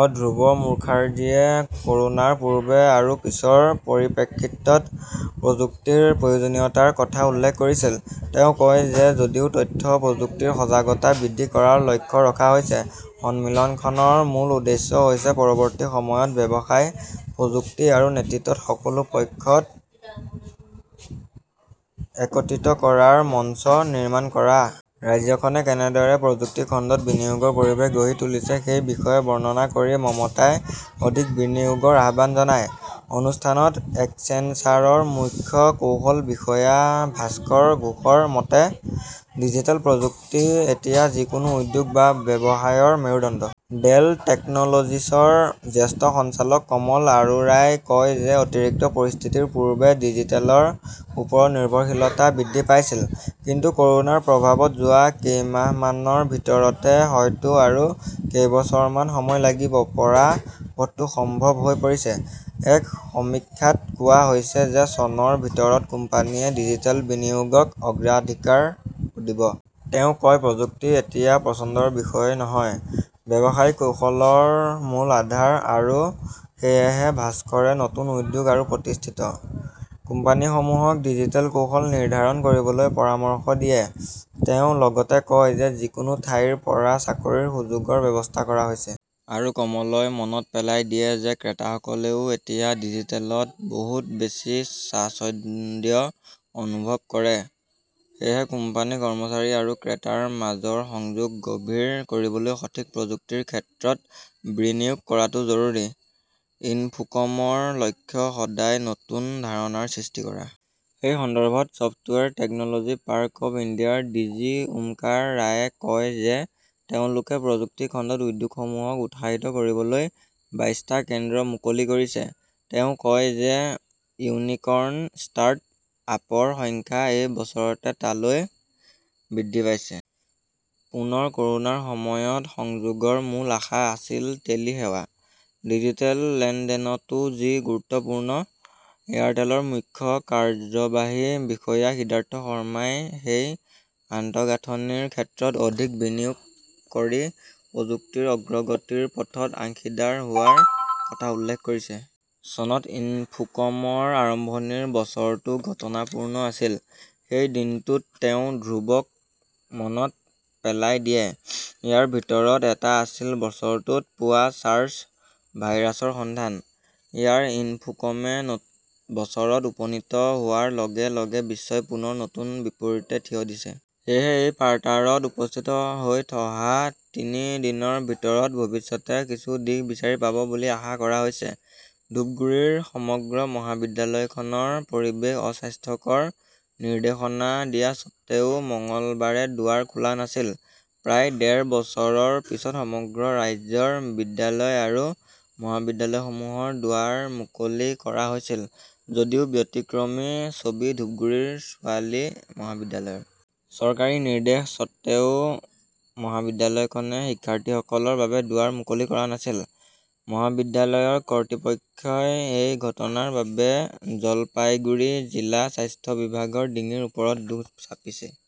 অ, ধ্ৰুৱ মুখাৰ্জীয়ে কৰোনাৰ পূৰ্বে আৰু পিছৰ পৰিপ্ৰেক্ষিতত প্ৰযুক্তিৰ প্ৰয়োজনীয়তাৰ কথা উল্লেখ কৰিছিল। তেওঁ কয় যে যদিও তথ্য প্ৰযুক্তিৰ সজাগতা বৃদ্ধি কৰাৰ লক্ষ্য ৰখা হৈছে, সন্মিলনখনৰ মূল উদ্দেশ্য হৈছে পৰৱৰ্তী সময়ত ব্যৱসায়, প্ৰযুক্তি আৰু নেতৃত্ব, সকলো পক্ষক একত্ৰিত কৰাৰ মঞ্চ নিৰ্মাণ কৰা। ৰাজ্যখনে কেনেদৰে প্ৰযুক্তি খণ্ডত বিনিয়োগৰ পৰিৱেশ গঢ়ি তুলিছে সেই বিষয়ে বৰ্ণনা কৰি মমতাই অধিক বিনিয়োগৰ আহ্বান জনায়। অনুষ্ঠানত এক্সেঞ্চাৰৰ মুখ্য কৌশল বিষয়া ভাস্কৰ ঘোষৰ মতে, ডিজিটেল প্ৰযুক্তি এতিয়া যিকোনো উদ্যোগ বা ব্যৱসায়ৰ মেৰুদণ্ড। ডেল টেকনলজিছৰ জ্যেষ্ঠ সঞ্চালক কমল আৰোৰাই কয় যে অতিৰিক্ত পৰিস্থিতিৰ পূৰ্বে ডিজিটেলৰ ওপৰত নিৰ্ভৰশীলতা বৃদ্ধি পাইছিল। কিন্তু কৰোনাৰ প্ৰভাৱত যোৱা কেইমাহমানৰ ভিতৰতে হয়তো আৰু কেইবছৰমান সময় লাগিব পৰা পথটো সম্ভৱ হৈ পৰিছে। এক সমীক্ষাত কোৱা হৈছে যে চনৰ ভিতৰত কোম্পানীয়ে ডিজিটেলত বিনিয়োগক অগ্ৰাধিকাৰ দিব। তেওঁ কয়, প্ৰযুক্তি এতিয়া পছন্দৰ বিষয় নহয়। ব্যৱসায়িক কৌশলৰ মূল আধাৰ। আৰু সেয়েহে ভাস্কৰে নতুন উদ্যোগ আৰু প্ৰতিষ্ঠিত কোম্পানীসমূহক ডিজিটেল কৌশল নিৰ্ধাৰণ কৰিবলৈ পৰামৰ্শ দিয়ে। তেওঁ লগতে কয় যে যিকোনো ঠাইৰ পৰা চাকৰিৰ সুযোগৰ ব্যৱস্থা কৰা হৈছে। আৰু কমলই মনত পেলাই দিয়ে যে ক্ৰেতাসকলেও এতিয়া ডিজিটেলত বহুত বেছি স্বাচ্ছন্দ্য অনুভৱ কৰে। সেয়েহে কোম্পানী, কৰ্মচাৰী আৰু ক্ৰেতাৰ মাজৰ সংযোগ গভীৰ কৰিবলৈ সঠিক প্ৰযুক্তিৰ ক্ষেত্ৰত বিনিয়োগ কৰাটো জৰুৰী। ইনফোকমৰ লক্ষ্য সদায় নতুন ধাৰণাৰ সৃষ্টি কৰা। সেই সন্দৰ্ভত ছফ্টৱেৰ টেকনলজি পাৰ্ক অৱ ইণ্ডিয়াৰ ডিজি ওমকাৰ ৰায়ে কয় যে তেওঁলোকে প্ৰযুক্তি খণ্ডত উদ্যোগসমূহক উৎসাহিত কৰিবলৈ বাইছ টা কেন্দ্ৰ মুকলি কৰিছে। তেওঁ কয় যে ইউনিকৰ্ণ ষ্টাৰ্ট-আপৰ সংখ্যা এই বছৰতে টালৈ বৃদ্ধি পাইছে। পুনৰ কৰোনাৰ সময়ত সংযোগৰ মূল আশা আছিল টেলি সেৱা। ডিজিটেল লেনদেনতো যি গুৰুত্বপূৰ্ণ। এয়াৰটেলৰ মুখ্য কাৰ্যবাহী বিষয়া সিদ্ধাৰ্থ শৰ্মাই সেই আন্তঃগাঁথনিৰ ক্ষেত্ৰত অধিক বিনিয়োগ কৰি প্ৰযুক্তিৰ অগ্ৰগতিৰ পথত অংশীদাৰ হোৱাৰ কথা উল্লেখ কৰিছে। চনত ইনফোকমৰ আৰম্ভণিৰ বছৰটো ঘটনাপূৰ্ণ আছিল, এই দিনটোত তেওঁ ধ্ৰুৱক মনত পেলাই দিয়ে। ইয়াৰ ভিতৰত এটা আছিল বছৰটোত পোৱা ছাৰ্চ ভাইৰাছৰ সন্ধান। আৰু ইনফোকমে বছৰত উপনীত হোৱাৰ লগে - লগে বিশ্বই পুনৰ নতুন বিপৰীতে থিয় দিছে। সেয়েহে এই পাৰ্টাৰত উপস্থিত হৈ অহা তিনি দিনৰ ভিতৰত ভৱিষ্যতে কিছু দিশ বিচাৰি পাব বুলি আশা কৰা হৈছে। ধূপগুড়ীৰ সমগ্ৰ মহাবিদ্যালয়খনৰ পৰিৱেশ অস্বাস্থ্যকৰ, নিৰ্দেশনা দিয়া স্বত্বেও মঙলবাৰে দুৱাৰ খোলা নাছিল প্ৰায় ডেৰ বছৰৰ পিছত সমগ্ৰ ৰাজ্যৰ বিদ্যালয় আৰু মহাবিদ্যালয়সমূহৰ দুৱাৰ মুকলি কৰা হৈছিল যদিও ব্যতিক্ৰমী ছবি ধূপগুৰি ছোৱালী মহাবিদ্যালয়ৰ। চৰকাৰী নিৰ্দেশ সত্বেও মহাবিদ্যালয়খনে শিক্ষাৰ্থীসকলৰ বাবে দুৱাৰ মুকলি কৰা নাছিল। মহাবিদ্যালয়ৰ কৰ্তৃপক্ষই এই ঘটনাৰ বাবে জলপাইগুৰি জিলা স্বাস্থ্য বিভাগৰ ডিঙিৰ ওপৰত দোষ চাপিছে।